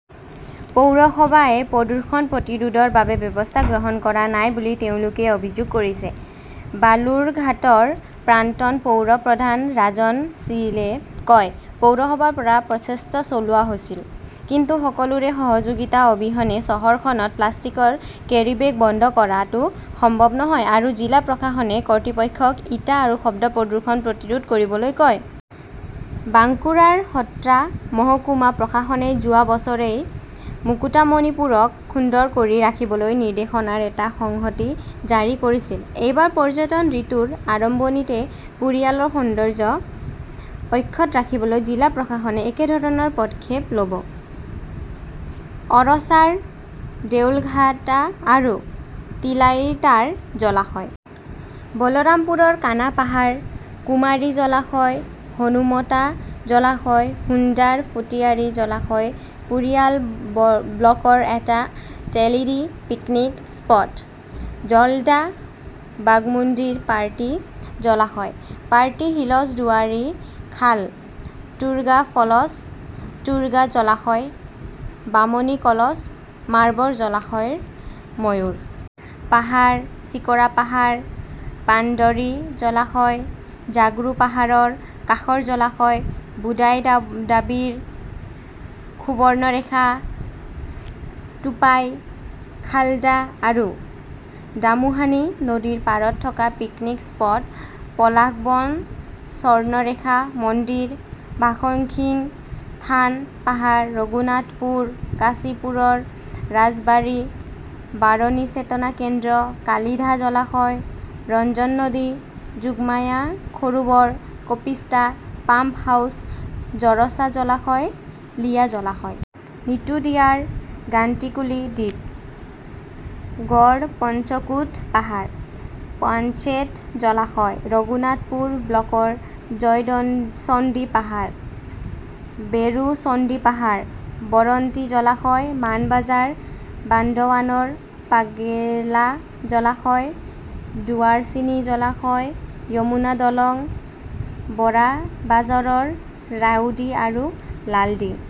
পৌৰসভাই প্ৰদূষণ প্ৰতিৰোধৰ বাবে ব্যৱস্থা গ্ৰহণ কৰা নাই বুলি তেওঁলোকে অভিযোগ কৰিছে। বালুৰঘাটৰ প্ৰান্তন পৌৰ প্ৰধান ৰাজন শ্বিলে কয়, "পৌৰসভাৰ পৰা প্ৰচেষ্টা চলোৱা হৈছিল, কিন্তু সকলোৰে সহযোগিতা অবিহনে চহৰখনত প্লাষ্টিকৰ কেৰিবেগ বন্ধ কৰাটো সম্ভৱ নহয় আৰু জিলা প্ৰশাসনে কৰ্তৃপক্ষক ইটা আৰু শব্দ প্ৰদূষণ প্ৰতিৰোধ কৰিবলৈ কয়। বাঙ্কুৰাৰ খত্ৰা মহকুমা প্ৰশাসনে যোৱা বছৰেই মুকুতামণিপুৰক সুন্দৰ কৰি ৰাখিবলৈ নিৰ্দেশনাৰ এটা সংহতি জাৰি কৰিছিল। এইবাৰ পৰ্যটন ঋতুৰ আৰম্ভণিতে পুৰুয়ালৰৰ সৌন্দৰ্য অক্ষত ৰাখিবলৈ জিলা প্ৰশাসনে একেধৰণৰ পদক্ষেপ ল'ব। অৰছাৰ দেউলঘাটা আৰু তিলাইতাৰ জলাশয়, বলৰামপুৰৰ কানা পাহাৰ, কুমাৰী জলাশয়, হনুমতা জলাশয়, হুনদাৰ ফুটিয়াৰী জলাশয়, পুৰুয়াল ব্লকৰ এটা তেলেডি পিকনিক স্পট, ঝলদা, বাগমুণ্ডীৰ পাৰ্ডি জলাশয়, পাৰ্ডি হিলছ, ডুৱাৰী খাল, টুৰ্গা ফলছ, টুৰ্গা জলাশয়, বামনী কলছ, মাৰ্বল জলাশয়, ময়ূৰ পাহাৰ, চিকৰা পাহাৰ, পাণ্ডৰী জলাশয়, জাগৰু পাহাৰৰ কাষৰ জলাশয়, বুদাই দাৱিৰ, সুবৰ্ণৰেখা, টুপাই, শালদা আৰু দামোহানী নদীৰ পাৰত থকা পিকনিক স্পট, পলাশবন, স্বৰ্ণৰেখা মন্দিৰ, ভাষণসিং থান পাহাৰ, ৰঘুনাথপুৰ, কাশীপুৰৰ ৰাজবাৰী, বাৰণী চেতনা কেন্দ্ৰ, কালিধা জলাশয়, ৰঞ্জননদী যোগমায়া সৰোবৰ, কপিষ্টা পাম্প হাউচ, জৰছা জলাশয়, লিয়া জলাশয়। নিতুডিয়াৰ গান্টিকুলি দ্বীপ, গড়পঞ্চকোট পাহাৰ, পাঞ্চেত জলাশয়, ৰঘুনাথপুৰ ব্লকৰ জয়চণ্ডী পাহাৰ, বেৰো চণ্ডী পাহাৰ, বৰন্তী জলাশয়, মান বজাৰ, বান্ধৱানৰ পাৰ্গেলা জলাশয়, ডুৱাৰচিনি জলাশয়, যমুনা দলং, বৰাবাজৰৰ ৰাওডি আৰু লালডি।